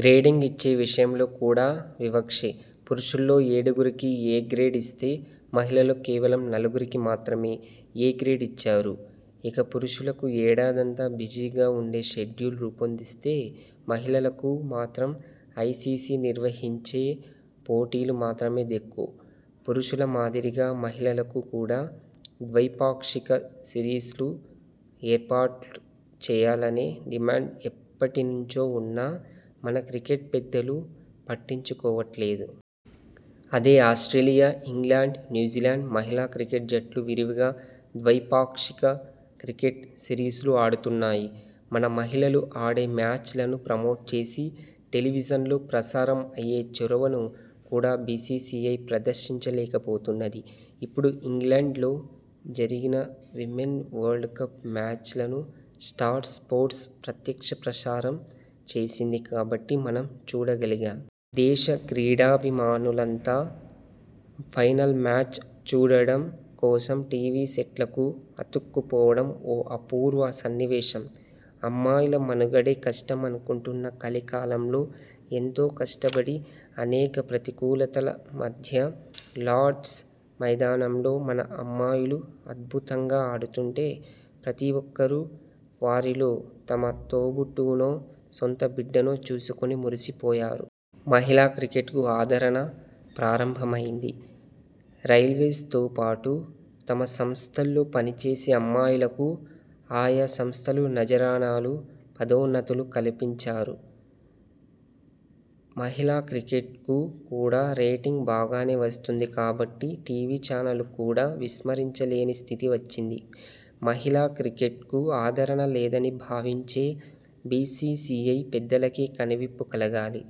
Grading ఇచ్చే విషయంలో కూడా వివక్షే. పురుషుల్లో ఏడుగురికి ఎ గ్రేడ్ ఇస్తే, మహిళల్లో కేవలం నలుగురికి మాత్రమే ఎ గ్రేడ్ ఇచ్చారు. ఇక పురుషులకు ఏడాదంతా బిజీగా ఉండే షెడ్యూల్ రూపొందిస్తే, మహిళలకు మాత్రం ఐసిసి నిర్వహించే పోటీలు మాత్రమే దిక్కు. పురుషుల మాదిరిగా మహిళ లకు కూడా ద్వైపాక్షిక సిరీస్లు ఏర్పాటు చేయాలనే డిమాండ్ ఎప్పటి నుంచో ఉన్నా మన క్రికెట్ పెద్దలు పట్టించుకోవట్లేదు. అదే ఆస్ట్రేలియా, ఇంగ్లాండ్, న్యూజీలాండ్ మహిళా క్రికెట్ జట్లు విరివిగా ద్వైపాక్షిక క్రికెట్ సిరీస్లు ఆడుతున్నాయి. మన మహిళలు ఆడే మ్యాచ్ లను ప్రమోట్ చేసి, టెలివిజన్లో ప్రసారం అయ్యే చొరవను కూడా బిసిసిఐ ప్రదర్శించలేకపోతున్నది. ఇప్పుడు ఇంగ్లండ్ లో జరిగిన విమెన్ వరల్డ్ కప్ మ్యాచ్లను స్టార్ స్పోర్ట్స్ ప్రత్యక్ష ప్రసారం చేసింది కాబట్టి, మనం చూడగలిగాం. దేశ క్రీడాభిమానులంతా ఫైనల్ మ్యాచ్ చూడడం కోసం టివి సెట్లకు అతుక్కుపోవడం ఓ అపూర్వ సన్నివేశం. అమ్మాయిల మనుగడే కష్టమనుకుంటున్న కలికాలంలో ఎంతో కష్టపడి, అనేక ప్రతికూలతల మధ్య లార్డ్స్ మైదానంలో మన అమ్మాయిలు అద్భుతంగా ఆడుతుంటే, ప్రతీ ఒక్కరు వారిలో తమ తోబుట్టువునో, సొంత బిడ్డనో చూసుకుని మురిసిపోయారు. మహిళా క్రికెట్కు ఆదరణ ప్రారంభమయింది. రైల్వేస్తో పాటు తమ సంస్థల్లో పనిచేసే అమ్మాయిలకు ఆయా సంస్థలు నజరానాలు, పదోన్నతులు కల్పించారు. మహిళా క్రికెట్కు కూడా రేటింగ్ బాగానే వస్తుంది కాబట్టి టివి ఛానళ్లు కూడా విస్మరించలేని స్థితి వచ్చింది. మహిళా క్రికెట్కు ఆదరణ లేదని భావించే బిసిసిఐ పెద్దలకే కనువిప్పు కలగాలి.